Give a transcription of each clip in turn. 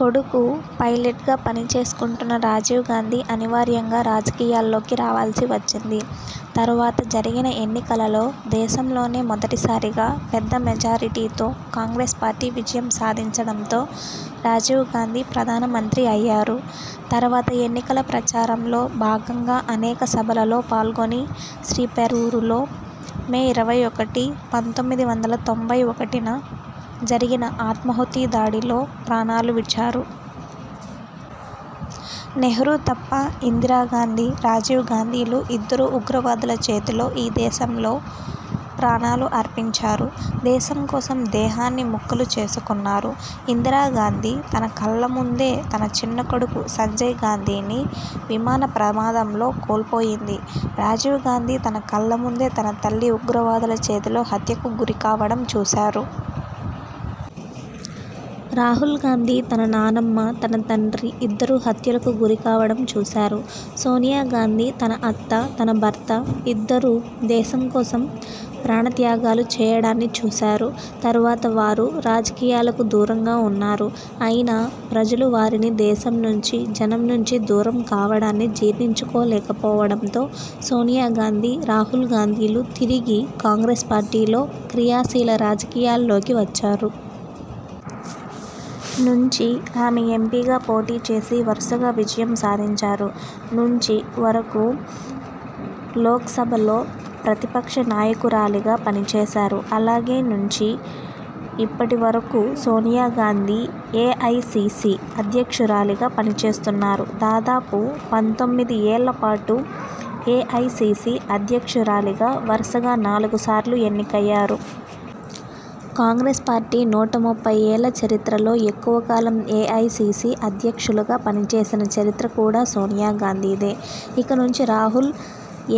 కొడుకు పైలట్గా పని చేసుకుంటున్న రాజీవ్ గాందీ అనివార్యంగా రాజకీయాల్లోకి రావాల్సి వచ్చింది. తరువాత జరిగిన ఎన్నికలలో దేశంలోనే మొదటి సారిగా పెద్ద మెజారిటీతో కాంగ్రెస్ పార్టీ విజయం సాధించడంతో రాజీవ్ గాంధీ ప్రధాన మంత్రి అయ్యారు. తరువాత ఎన్నికల ప్రచారంలో భాగంగా అనేక సభలలో పాల్గొని శ్రీ పెరంబదూరులో మే ఇరవై ఒకటి, పంతొమ్మిది వందల తొంభై ఒకటిన జరిగిన ఆత్మాహుతి దాడిలో ప్రాణాలు విడిచారు. నెహ్రూ తప్ప ఇందిరా గాంధీ, రాజీవ్ గాంధీలు ఇద్దరు ఉగ్రవాదుల చేతిలో ఈ దేశంలో ప్రాణాలు అర్పించారు. దేశం కోసం దేహాన్ని ముక్కలు చేసుకున్నారు. ఇందిరా గాంధీ తన కళ్ల ముందే తన చిన్నకొడుకు సంజయ్ గాంధీనీ విమాన ప్రమాదంలో కోల్పోయింది. రాజీవ్ గాంధీ తన కళ్ళ ముందే తన తల్లి ఉగ్రవాదుల చేతిలో హత్యకు గురికావడం చూశారు. రాహుల్ గాంధీ తన నానమ్మ, తన తండ్రి ఇద్దరు హత్యలకు గురి కావడం చూశారు. సోనియ గాంధీ తన అత్త, తన భర్త ఇద్దరు దేశం కోసం ప్రాణ త్యాగాలు చేయడాన్ని చూశారు. తరువాత వారు రాజకీయాలకు దూరంగా ఉన్నారు. అయినా, ప్రజలు వారిని దేశం నుంచి జనం నుంచి దూరం కావడాన్ని జీర్ఱించుకో లేకపోవడంతో సోనియ గాంధీ, రాహుల్ గాంధీలు తిరిగి కాంగ్రెస్ పార్టీలో క్రియాశీల రాజకీయాల్లోకి వచ్చారు. నుంచి ఆమె ఎంపీగా పోటీ చేసి వరసగా విజయం సాధించారు. నుంచి వరకు లోక్సభలో ప్రతిపక్ష నాయకురాలిగా పనిచేశారు. అలాగే నుంచి ఇప్పటి వరకు సోనియ గాంధీ ఏఐసీసీ అధ్యక్షురాలిగా పని చేస్తున్నారు. దాదాపు పంతొమ్మిది ఏళ్ళ పాటు ఏఐసీసీ అధ్యక్షు రాలిగా వరసగా నాలుగు సార్లు ఎన్నికయ్యారు. కాంగ్రెస్ పార్టీ నూట ముప్పై ఏళ్ళ చరిత్రలో ఎక్కువ కాలం ఏఐసీసీ అధ్యక్షులుగా పని చేసిన చరిత్ర కూడా సోనియ గాంధీదే. ఇక నుంచి రాహుల్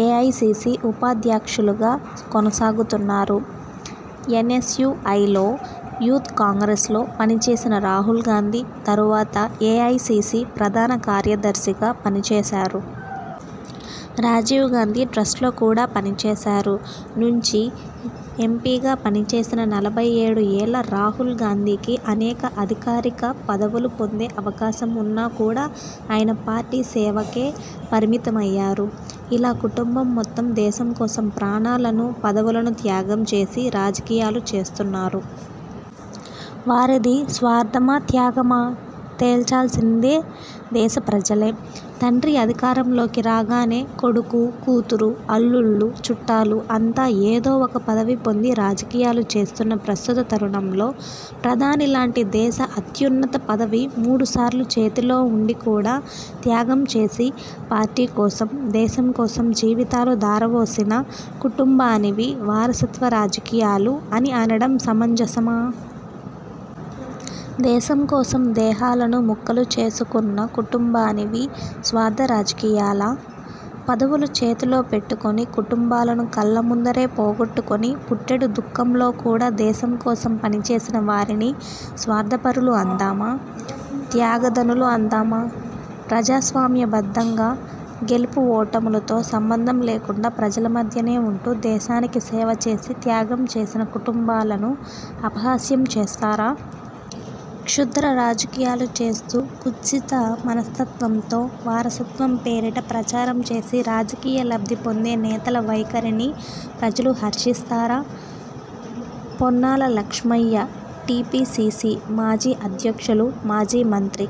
ఏఐసీసీ ఉపాధ్యక్షులుగా కొనసాగుతున్నారు. ఎన్ఎస్యూఐలో, యూత్ కాంగ్రెస్లో పనిచేసిన రాహుల్ గాంధీ, తరువాత ఏఐసీసీ ప్రధాన కార్యదర్శిగా పనిచేశారు. రాజీవ్ గాంధీ ట్రస్ట్లో కూడా పని చేశారు. నుంచి ఎంపీగా పనిచేసిన నలభై ఏడు ఏళ్ళ రాహుల్ గాంధీకి అనేక అధికారిక పదవులు పొందే అవకాశం ఉన్నా కూడా ఆయన పార్టీ సేవకే పరిమితమయ్యారు. ఇలా కుటంబం మొత్తం దేశం కోసం ప్రాణాలను, పదవులను త్యాగం చేసి రాజకీయాలు చేస్తున్నారు. వారిది స్వార్థమా, త్యాగమా, తేల్చాల్సిందే దేశ ప్రజలే. తండ్రి అధికారం లోకి రాగానే కొడుకు, కూతురు, అల్లుళ్ళు, చుట్టాలు అంతా ఏదో ఒక పదవి పొంది రాజకీయాలు చేస్తున్న ప్రస్తుత తరుణంలో ప్రధాని లాంటి దేశ అత్యున్నత పదవి మూడు సార్లు చేతిలో ఉండి కూడా త్యాగం చేసి పార్టీ కోసం, దేశం కోసం జీవితాలు ధారవోసిన కుటుంబానివి వారసత్వ రాజకీయాలు అని అనడం సమంజసమా? దేశం కోసం దేహాలను ముక్కలు చేసుకొన్న కుటుంబానివి స్వార్థ రాజకీయాలా? పదవులు చేతిలో పెట్టుకొని కుటుంబాలను కళ్ళ ముందరే పోగొట్టుకొని పుట్టెడు దుఃఖంలో కూడా దేశం కోసం పనిచేసిన వారిని స్వార్థ పరులు అందామా.. త్యాగధనులు అందామా? ప్రజాస్వామ్య బద్దంగా గెలుపు ఓటములతో సంబంధం లేకుండా ప్రజల మధ్యనే ఉంటూ దేశానికి సేవచేసి, త్యాగం చేసిన కుటుంబాలను అపహాస్యం చేస్తారా? క్షుద్ర రాజకీయాలు చేస్తూ కుత్సిత మనస్తత్వంతో వారసత్వం పేరిట ప్రచారం చేసి రాజకీయ లబ్ధి పొందే నేతల వైఖరిని ప్రజలు హర్షిస్తారా? పొన్నాల లక్ష్మయ్య టీపీసీసీ మాజీ అధ్యక్షులు, మాజీ మంత్రి